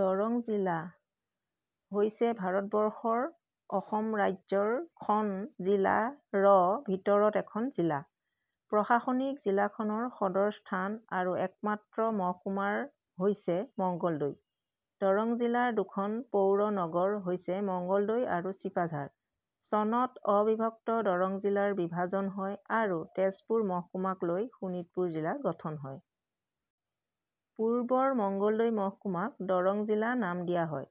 দৰং জিলা: হৈছে ভাৰত বৰ্ষৰ অসম ৰাজ্যৰ খন জিলা ৰ ভিতৰত এখন জিলা। প্ৰশাসনিক জিলাখনৰ সদৰ স্থান আৰু একমাত্ৰ মহকুমাৰ হৈছে মঙ্গলদৈ। দৰং জিলাৰ দুখন পৌৰ নগৰ হৈছে মংগলদৈ আৰু ছিপাঝাৰ। চনত অবিভক্ত দৰং জিলাৰ বিভাজন হয় আৰু তেজপুৰ মহকুমাক লৈ শোণিতপুৰ জিলা গঠন হয়। পূৰ্বৰ মঙ্গলদৈ মহকুমাক দৰং জিলা নাম দিয়া হয়।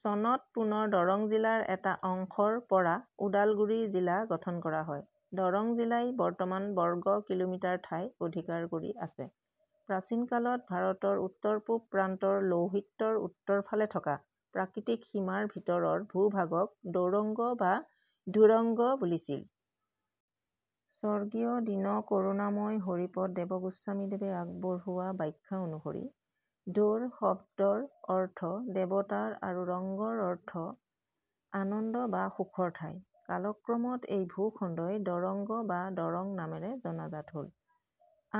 চনত পুনৰ দৰং জিলাৰ এটা অংশৰ পৰা ওদালগুৰি জিলা গঠন কৰা হয়। দৰং জিলাই বৰ্তমান বৰ্গ কিলোমিটাৰ ঠাই অধিকাৰ কৰি আছে। প্ৰাচীনকালত ভাৰতৰ উত্তৰ পূব প্ৰান্তৰ লৌহিত্যৰ উত্তৰ ফালে থকা প্ৰাকৃতিক সীমাৰ ভিতৰৰ ভূ-ভাগক দৌৰঙ্গ বা দ্যোৰঙ্গ বুলিছিল। স্বগীয় দীন কৰুণাময় হৰিপদ দেৱগোস্বামীদেৱে আগবঢ়োৱা ব্যাখ্যা অনুসৰি ' দ্যোৰ' শব্দৰ অৰ্থ দেৱতাৰ আৰু ' ৰঙ্গৰ' অৰ্থ আনন্দ বা সুখৰ ঠাই। কালক্ৰমত এই ভূ-খণ্ডই দৰঙ্গ বা দৰং নামেৰে জনাজাত হ'ল।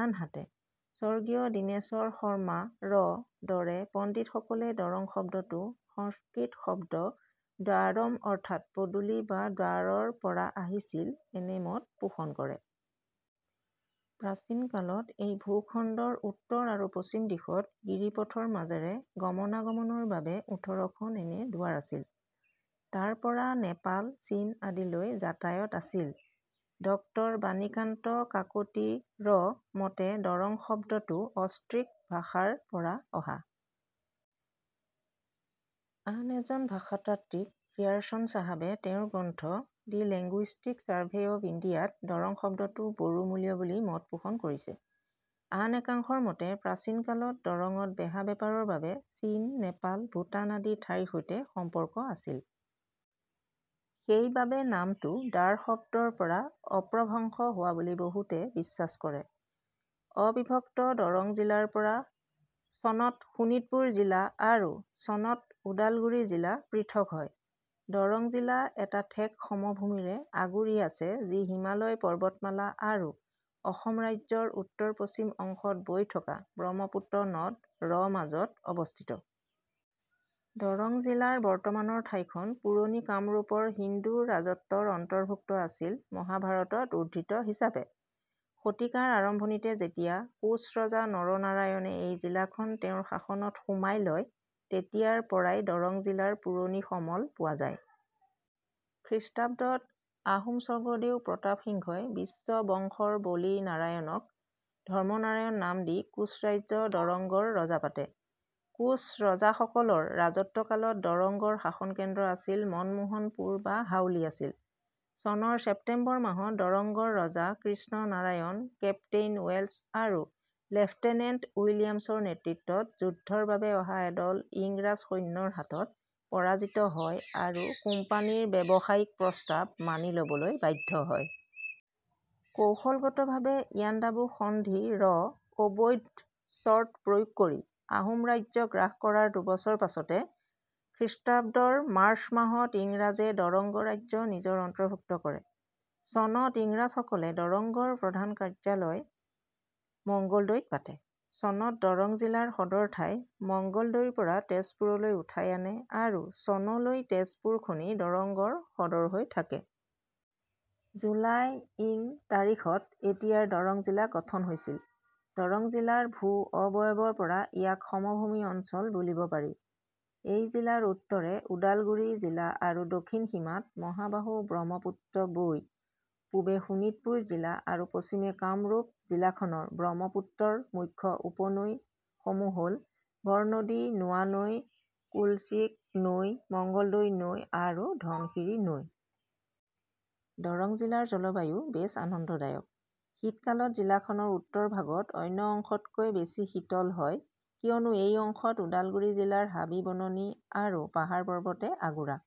আনহাতে স্বৰ্গীয় দিনেশ্বৰ শৰ্মা ৰ দৰে পণ্ডিত সকলে দৰং শব্দটো সংস্কৃত শব্দ দ্বাৰম অৰ্থাত পদূলি বা দ্বাৰ'ৰ পৰা আহিছিল এনে মত পোষণ কৰে। প্ৰাচীন কালত এই ভূ-খণ্ডৰ উত্তৰ আৰু পশ্চিম দিশত গিৰিপথৰ মাজেৰে গমনা-গমনৰ বাবে ওঁঠৰখন এনে দুৱাৰ আছিল। তাৰ পৰা নেপাল, চীন আদিলৈ যাতায়াত আছিল। ড॰ বাণীকান্ত কাকতি ৰ মতে দৰং শব্দতো অষ্ট্ৰিক ভাষাৰ পৰা অহা। আন এজন ভাষাতাত্ত্বিক গ্ৰিয়াৰ্ছন চাহাবে তেওঁৰ গ্ৰন্থ 'ডি লেংগুইষ্টিক চাৰ্ভে অৱ ইণ্ডিয়া'ত দৰং শব্দটো বড়োমূলীয় বুলি মত পোষণ কৰিছে। আন একাংশৰ মতে প্ৰাচীন কালত দৰঙত বেহা বেপাৰৰ বাবে চীন, নেপাল, ভুটান আদি ঠাইৰ সৈতে সম্পৰ্ক আছিল। সেই বাবে নামটো দ্বাৰ শব্দৰ পৰা অপ্ৰভংশ হোৱা বুলি বহুতে বিশ্বাস কৰে। অবিভক্ত দৰং জিলাৰ পৰা চনত শোণিতপুৰ জিলা আৰু চনত ওদালগুৰি জিলা পৃথক হয়। দৰং জিলা এটা ঠেক সমভূমিৰে আগুৰি আছে যি হিমালয় পৰ্বতমালা আৰু অসম ৰাজ্যৰ উত্তৰ পশ্চিম অংশত বৈ থকা ব্ৰহ্মপুত্ৰ নদ ৰ মাজত অৱস্থিত। দৰং জিলাৰ বৰ্তমানৰ ঠাইখন পুৰণি কামৰূপৰ হিন্দু ৰাজত্বৰ অন্তৰ্ভুক্ত আছিল মহাভাৰতত উৰ্দ্ধিত হিচাপে। শতিকাৰ আৰম্ভণিতে যেতিয়া কোঁচ ৰজা নৰনাৰায়ণে এই জিলাখন তেওঁৰ শাসনত সোমাই লয় তেতিয়াৰ পৰাই দৰং জিলাৰ পুৰণি সমল পোৱা যায়। খ্ৰীষ্টাব্দত আহোম স্বৰ্গদেউ প্ৰতাপ সিংহই বিশ্ব বংশৰ বলি নাৰায়নক, ধৰ্মনাৰায়ন নাম দি কোচ ৰাজ্য দৰঙ্গৰ ৰজা পাতে। কোচৰজা সকলৰ ৰাজত্ব কালত দৰঙ্গৰ শাসনকেন্দ্ৰ আছিল মনমোহনপূৰ বা হাউলি আছিল। চনৰ ছেপ্তেম্বৰ মাহত দৰঙ্গৰ ৰজা কৃষ্ণ নাৰায়ণ, কেপ্তেইন ৱেলছ আৰু লেফটেনেণ্ট উইলিয়ামছৰ নেতৃত্বত যুদ্ধৰ বাবে অহা এদল ইংৰাজ সৈন্যৰ হাতত পৰাজিত হয় আৰু কোম্পানীৰ ব্যৱসায়িক প্ৰস্তাৱ মানি লবলৈ বাধ্য হয়। কৌশলগতভাৱে ইয়াণ্ডাবু সন্ধি ৰ অবৈধ চৰ্ত প্ৰয়োগ কৰি আহোম ৰাজ্য গ্ৰাস কৰাৰ দুবছৰ পাছতে খ্ৰীঃৰ মাৰ্চ মাহত ইংৰাজে দৰঙ্গ ৰাজ্য নিজৰ অন্তৰ্ভুক্ত কৰে। চনত ইংৰাজসকলে দৰঙ্গৰ প্ৰধান কাৰ্যালয় মঙ্গলদৈত পাতে। চনত দৰং জিলাৰ সদৰ ঠাই মঙ্গলদৈৰ পৰা তেজপুৰলৈ উঠাই আনে আৰু চনলৈ তেজপুৰ খনেই দৰঙ্গৰ সদৰ হৈ থাকে। জুলাই ইং তাৰিখত এতিয়াৰ দৰং জিলা গঠন হৈছিল। দৰং জিলাৰ ভূ অৱয়বৰ পৰা ইয়াক সমভূমি অঞ্চল বুলিব পাৰি। এই জিলাৰ উত্তৰে ওদালগুৰি জিলা আৰু দক্ষিণ সীমাত মহাবাহু ব্ৰহ্মপুত্ৰ বৈ পূবে শোণিতপুৰ জিলা আৰু পশ্চিমে কামৰূপ জিলাখনৰ ব্ৰহ্মপুত্ৰৰ মুখ্য উপনৈ সমূহ হ'ল- বৰনদী, নোৱানৈ, কুলশীক নৈ, মঙ্গলদৈ নৈ আৰু ধনশিৰি নৈ। দৰং জিলাৰ জলবায়ু বেছ আনন্দদায়ক। শীতকালত জিলাখনৰ উত্তৰ ভাগত অন্য অংশতকৈ বেছি শীতল হয় কিয়নো এই অংশত ওডালগুৰি জিলাৰ হাবি-বননি আৰু পাহাৰ-পৰ্বতে আগুৰা।